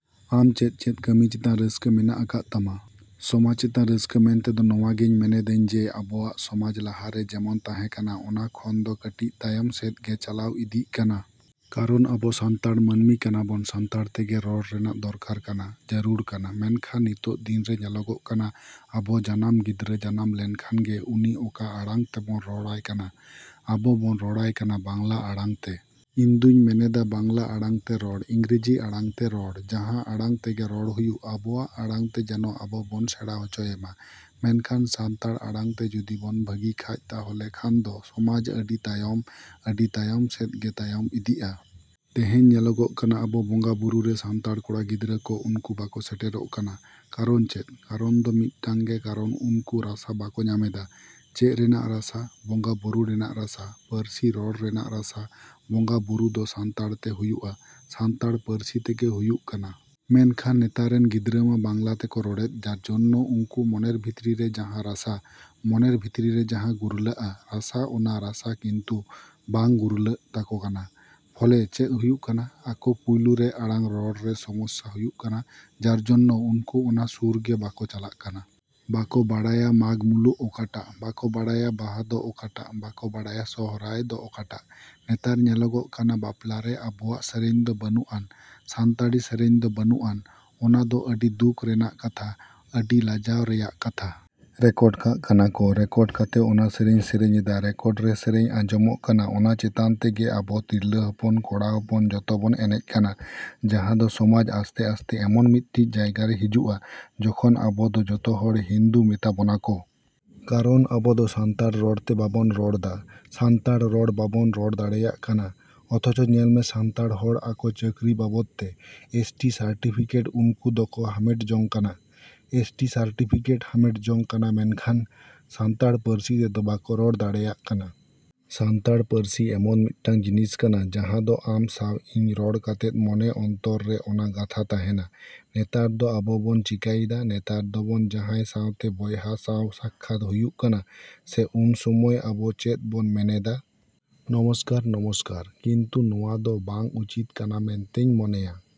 ‎ᱟᱢ ᱪᱮᱫ ᱪᱮᱫ ᱠᱟᱹᱢᱤ ᱪᱮᱛᱟᱱ ᱨᱟᱹᱥᱠᱟᱹ ᱢᱮᱱᱟᱜ ᱟᱠᱟᱫ ᱛᱟᱢᱟ? ᱥᱚᱢᱟᱡᱽ ᱪᱮᱛᱟᱱ ᱨᱟᱹᱥᱠᱟᱹ ᱢᱮᱱᱛᱮᱫᱚ ᱱᱚᱣᱟ ᱜᱮᱧ ᱢᱮᱱᱮᱫᱟᱹᱧ ᱡᱮ ᱟᱵᱚᱣᱟᱜ ᱥᱚᱢᱟᱡᱽ ᱞᱟᱦᱟ ᱨᱮ ᱡᱮᱢᱚᱱ ᱛᱟᱦᱮᱸ ᱠᱟᱱᱟ ᱚᱱᱟ ᱠᱷᱚᱱ ᱫᱚ ᱠᱟᱹᱴᱤᱡ ᱛᱟᱭᱚᱢ ᱥᱮᱫ ᱜᱮ ᱪᱟᱞᱟᱣ ᱤᱫᱤᱜ ᱠᱟᱱᱟ᱾ ᱠᱟᱨᱚᱱ ᱟᱵᱚ ᱥᱟᱱᱛᱟᱲ ᱢᱟᱹᱱᱢᱤ ᱠᱟᱱᱟ ᱵᱚᱱ, ᱥᱟᱱᱛᱟᱲ ᱛᱮᱜᱮ ᱨᱚᱲ ᱨᱮᱱᱟᱜ ᱫᱚᱨᱠᱟᱨ ᱠᱟᱱᱟ, ᱡᱟᱹᱨᱩᱲ ᱠᱟᱱᱟ᱾ ᱢᱮᱱᱠᱷᱟᱱ ᱱᱤᱛᱚᱜ ᱫᱤᱱ ᱨᱮ ᱧᱮᱞᱚᱜᱚᱜ ᱠᱟᱱᱟ ᱟᱵᱚ ᱡᱟᱱᱟᱢ ᱜᱤᱫᱽᱨᱟᱹ ᱡᱟᱱᱟᱢ ᱞᱮᱱᱠᱷᱟᱱ ᱜᱮ ᱩᱱᱤ ᱚᱠᱟ ᱟᱲᱟᱝ ᱛᱮᱵᱚᱱ ᱨᱚᱲᱟᱭ ᱠᱟᱱᱟ? ᱟᱵᱚ ᱵᱚᱱ ᱨᱚᱲᱟᱭ ᱠᱟᱱᱟ ᱵᱟᱝᱞᱟ ᱟᱲᱟᱝ ᱛᱮ᱾ ᱤᱧᱫᱩᱧ ᱢᱮᱱᱮᱫᱟ ᱵᱟᱝᱞᱟ ᱟᱲᱟᱝ ᱛᱮ ᱨᱚᱲ, ᱤᱝᱨᱮᱡᱤ ᱟᱲᱟᱝ ᱛᱮ ᱨᱚᱲ, ᱡᱟᱦᱟᱸ ᱟᱲᱟᱝ ᱛᱮᱜᱮ ᱨᱚᱲ ᱦᱩᱭᱩᱜ, ᱟᱵᱚᱣᱟᱜ ᱟᱲᱟᱝ ᱛᱮ ᱡᱮᱱᱚ ᱟᱵᱚ ᱵᱚᱱ ᱥᱮᱬᱟ ᱦᱚᱪᱚᱭᱮᱢᱟ᱾ ᱢᱮᱱᱠᱷᱟᱱ ᱥᱟᱱᱛᱟᱲ ᱟᱲᱟᱝ ᱛᱮ ᱡᱩᱫᱤ ᱵᱚᱱ ᱵᱷᱟᱹᱜᱤ ᱠᱷᱟᱡ ᱛᱟᱦᱚᱞᱮ ᱠᱷᱟᱱᱫᱚ ᱥᱚᱢᱟᱡᱽ ᱟᱹᱰᱤ ᱛᱟᱭᱚᱢ, ᱟᱹᱰᱤ ᱛᱟᱭᱚᱢ ᱥᱮᱫ ᱜᱮ ᱛᱟᱭᱚᱢ ᱤᱫᱤᱜᱼᱟ᱾ ᱛᱮᱦᱮᱧ ᱧᱮᱞᱚᱜᱚᱜ ᱠᱟᱱᱟ ᱟᱵᱚ ᱵᱚᱸᱜᱟ ᱵᱩᱨᱩ ᱨᱮ ᱥᱟᱱᱛᱟᱲ ᱠᱚᱲᱟ ᱜᱤᱫᱽᱨᱟᱹ ᱠᱚ ᱩᱱᱠᱩ ᱵᱟᱠᱚ ᱥᱮᱴᱮᱨᱚᱜ ᱠᱟᱱᱟ᱾ ᱠᱟᱨᱚᱱ ᱪᱮᱫ? ᱠᱟᱨᱚᱱ ᱫᱚ ᱢᱤᱫᱴᱟᱹᱝ ᱜᱮ ᱠᱟᱨᱚᱱ ᱩᱱᱠᱩ ᱨᱟᱥᱟ ᱵᱟᱠᱚ ᱧᱟᱢᱮᱫᱟ᱾ ᱪᱮᱫ ᱨᱮᱱᱟᱜ ᱨᱟᱥᱟ? ᱵᱚᱸᱜᱟ ᱵᱩᱨᱩ ᱨᱮᱱᱟᱜ ᱨᱟᱥᱟ, ᱯᱟᱹᱨᱥᱤ ᱨᱚᱲ ᱨᱮᱱᱟᱜ ᱨᱟᱥᱟ ᱵᱚᱸᱜᱟ ᱵᱩᱨᱩ ᱫᱚ ᱥᱟᱱᱛᱟᱲ ᱛᱮ ᱦᱩᱭᱩᱜᱼᱟ, ᱥᱟᱱᱛᱟᱲ ᱯᱟᱹᱨᱥᱤ ᱛᱮᱜᱮ ᱦᱩᱭᱩᱜ ᱠᱟᱱᱟ᱾ ᱢᱮᱱᱠᱷᱟᱱ ᱱᱮᱛᱟᱨ ᱨᱮᱱ ᱜᱤᱫᱽᱨᱟᱹ ᱢᱟ ᱵᱟᱝᱞᱟ ᱛᱮᱠᱚ ᱨᱚᱲᱮᱫ ᱡᱟᱨᱡᱚᱱᱱᱮ ᱩᱱᱠᱩ ᱢᱚᱱᱮᱨ ᱵᱷᱤᱛᱨᱤ ᱨᱮ ᱡᱟᱦᱟᱸ ᱨᱟᱥᱟ, ᱢᱚᱱᱮᱨ ᱵᱷᱤᱛᱨᱤ ᱨᱮ ᱡᱟᱦᱟᱸ ᱜᱩᱨᱞᱟᱹᱜᱼᱟ ᱨᱟᱥᱟ ᱚᱱᱟ ᱨᱟᱥᱟ ᱠᱤᱱᱛᱩ ᱵᱟᱝ ᱜᱩᱨᱞᱟᱹᱜ ᱛᱟᱠᱚ ᱠᱟᱱᱟ᱾ ᱯᱷᱚᱞᱮ ᱪᱮᱫ ᱦᱩᱭᱩᱜ ᱠᱟᱱᱟ? ᱟᱠᱚ ᱯᱩᱭᱞᱩ ᱨᱮ ᱟᱲᱟᱝ ᱨᱚᱲ ᱨᱮ ᱥᱚᱢᱚᱥᱥᱟ ᱦᱩᱭᱩᱜ ᱠᱟᱱᱟ ᱡᱟᱨᱡᱚᱱᱱᱚ ᱩᱱᱠᱩ ᱚᱱᱟ ᱥᱩᱨ ᱜᱮ ᱵᱟᱠᱚ ᱪᱟᱞᱟᱜ ᱠᱟᱱᱟ᱾ ᱵᱟᱠᱚ ᱵᱟᱲᱟᱭᱟ ᱢᱟᱜᱽᱢᱩᱞᱩᱜ ᱚᱠᱟᱴᱟᱜ, ᱵᱟᱠᱚ ᱵᱟᱲᱟᱭᱟ ᱵᱟᱦᱟ ᱫᱚ ᱚᱠᱟᱴᱟᱜ, ᱵᱟᱠᱚ ᱵᱟᱲᱟᱭᱟ ᱥᱚᱦᱨᱟᱭ ᱫᱚ ᱚᱠᱟᱴᱟᱜ᱾ ᱱᱮᱛᱟᱨ ᱧᱮᱞᱚᱜᱚᱜ ᱠᱟᱱᱟ ᱵᱟᱯᱞᱟ ᱨᱮ ᱟᱵᱚᱣᱟᱜ ᱥᱮᱨᱮᱧ ᱫᱚ ᱵᱟᱹᱱᱩᱜᱼᱟᱱ, ᱥᱟᱱᱛᱟᱲᱤ ᱥᱮᱨᱮᱧ ᱫᱚ ᱵᱟᱹᱱᱩᱜᱼᱟᱱ᱾ ᱚᱱᱟ ᱫᱚ ᱟᱹᱰᱤ ᱫᱩᱠ ᱨᱮᱱᱟᱜ ᱠᱟᱛᱷᱟ, ᱟᱹᱰᱤ ᱞᱟᱡᱟᱣ ᱨᱮᱭᱟᱜ ᱠᱟᱛᱷᱟ᱾ ᱨᱮᱠᱚᱰ ᱠᱟᱜ ᱠᱟᱱᱟ ᱠᱚ, ᱨᱮᱠᱚᱰ ᱠᱟᱛᱮ ᱚᱱᱟ ᱥᱮᱨᱮᱧ ᱥᱮᱨᱮᱧᱮᱫᱟ᱾ ᱨᱮᱠᱚᱰ ᱨᱮ ᱥᱮᱨᱮᱧ ᱟᱸᱡᱚᱢᱚᱜ ᱠᱟᱱᱟ ᱚᱱᱟ ᱪᱮᱛᱟᱱ ᱛᱮᱜᱮ ᱟᱵᱚ ᱛᱤᱨᱞᱟᱹ ᱦᱚᱯᱚᱱ, ᱠᱚᱲᱟ ᱦᱚᱯᱚᱱ ᱡᱚᱛᱚ ᱵᱚᱱ ᱮᱱᱮᱡ ᱠᱟᱱᱟ᱾ ᱡᱟᱦᱟᱸ ᱫᱚ ᱥᱚᱢᱟᱡᱽ ᱟᱥᱛᱮᱼᱟᱥᱛᱮ ᱮᱢᱚᱱ ᱢᱤᱫᱴᱤᱡ ᱡᱟᱭᱜᱟ ᱨᱮ ᱦᱤᱡᱩᱜᱼᱟ ᱡᱚᱠᱷᱚᱱ ᱟᱵᱚ ᱫᱚ ᱡᱚᱛᱚ ᱦᱚᱲ ᱦᱤᱱᱫᱩ ᱢᱮᱛᱟ ᱵᱚᱱᱟ ᱠᱚ᱾ ᱠᱟᱨᱚᱱ ᱟᱵᱚᱫᱚ ᱥᱟᱱᱛᱟᱲ ᱨᱚᱲ ᱛᱮ ᱵᱟᱵᱚᱱ ᱨᱚᱲ ᱫᱟ, ᱥᱟᱱᱛᱟᱲ ᱨᱚᱲ ᱵᱟᱵᱚᱱ ᱨᱚᱲ ᱫᱟᱲᱮᱭᱟᱜ ᱠᱟᱱᱟ᱾ ᱚᱛᱷᱚᱪᱚ ᱧᱮᱞᱢᱮ ᱥᱟᱱᱛᱟᱲ ᱦᱚᱲ ᱟᱠᱚ ᱪᱟᱹᱠᱨᱤ ᱵᱟᱵᱚᱛ ᱛᱮ ᱮᱥ. ᱴᱤ. ᱥᱟᱨᱴᱤᱯᱷᱤᱠᱮᱴ ᱩᱱᱠᱩ ᱫᱚᱠᱚ ᱦᱟᱢᱮᱴ ᱡᱚᱝ ᱠᱟᱱᱟ᱾ ᱮᱥ. ᱴᱤ. ᱥᱟᱨᱴᱤᱯᱷᱤᱠᱮᱴ ᱦᱟᱢᱮᱴ ᱡᱚᱝ ᱠᱟᱱᱟ ᱢᱮᱱᱠᱷᱟᱱ ᱥᱟᱱᱛᱟᱲ ᱯᱟᱹᱨᱥᱤ ᱛᱮᱫᱚ ᱵᱟᱠᱚ ᱨᱚᱲ ᱫᱟᱲᱮᱭᱟᱜ ᱠᱟᱱᱟ᱾ ᱥᱟᱱᱛᱟᱲ ᱯᱟᱹᱨᱥᱤ ᱮᱢᱚᱱ ᱢᱤᱫᱴᱟᱝ ᱡᱤᱱᱤᱥ ᱠᱟᱱᱟ ᱡᱟᱦᱟᱸ ᱫᱚ ᱟᱢ ᱥᱟᱶ ᱤᱧ ᱨᱚᱲ ᱠᱟᱛᱮᱫ ᱢᱚᱱᱮ ᱚᱱᱛᱚᱨ ᱨᱮ ᱚᱱᱟ ᱜᱟᱛᱷᱟ ᱛᱟᱦᱮᱱᱟ᱾ ᱱᱮᱛᱟᱨ ᱫᱚ ᱟᱵᱚᱼᱵᱚᱱ ᱪᱤᱠᱟᱹᱭᱮᱫᱟ? ᱱᱮᱛᱟᱨ ᱫᱚᱵᱚᱱ ᱡᱟᱦᱟᱸᱭ ᱥᱟᱶᱛᱮ ᱵᱚᱭᱦᱟ ᱥᱟᱶ ᱥᱟᱠᱠᱷᱟᱛ ᱦᱩᱭᱩᱜ ᱠᱟᱱᱟ ᱥᱮ ᱩᱱ ᱥᱚᱢᱚᱭ ᱟᱵᱚ ᱪᱮᱫ ᱵᱚᱱ ᱢᱮᱱᱮᱫᱟ? ᱱᱚᱢᱚᱥᱠᱟᱨ, ᱱᱚᱢᱚᱥᱠᱟᱨ᱾ ᱠᱤᱱᱛᱩ ᱱᱚᱣᱟ ᱫᱚ ᱵᱟᱝ ᱩᱪᱤᱛ ᱠᱟᱱᱟ ᱢᱮᱱᱛᱮᱧ ᱢᱚᱱᱮᱭᱟ᱾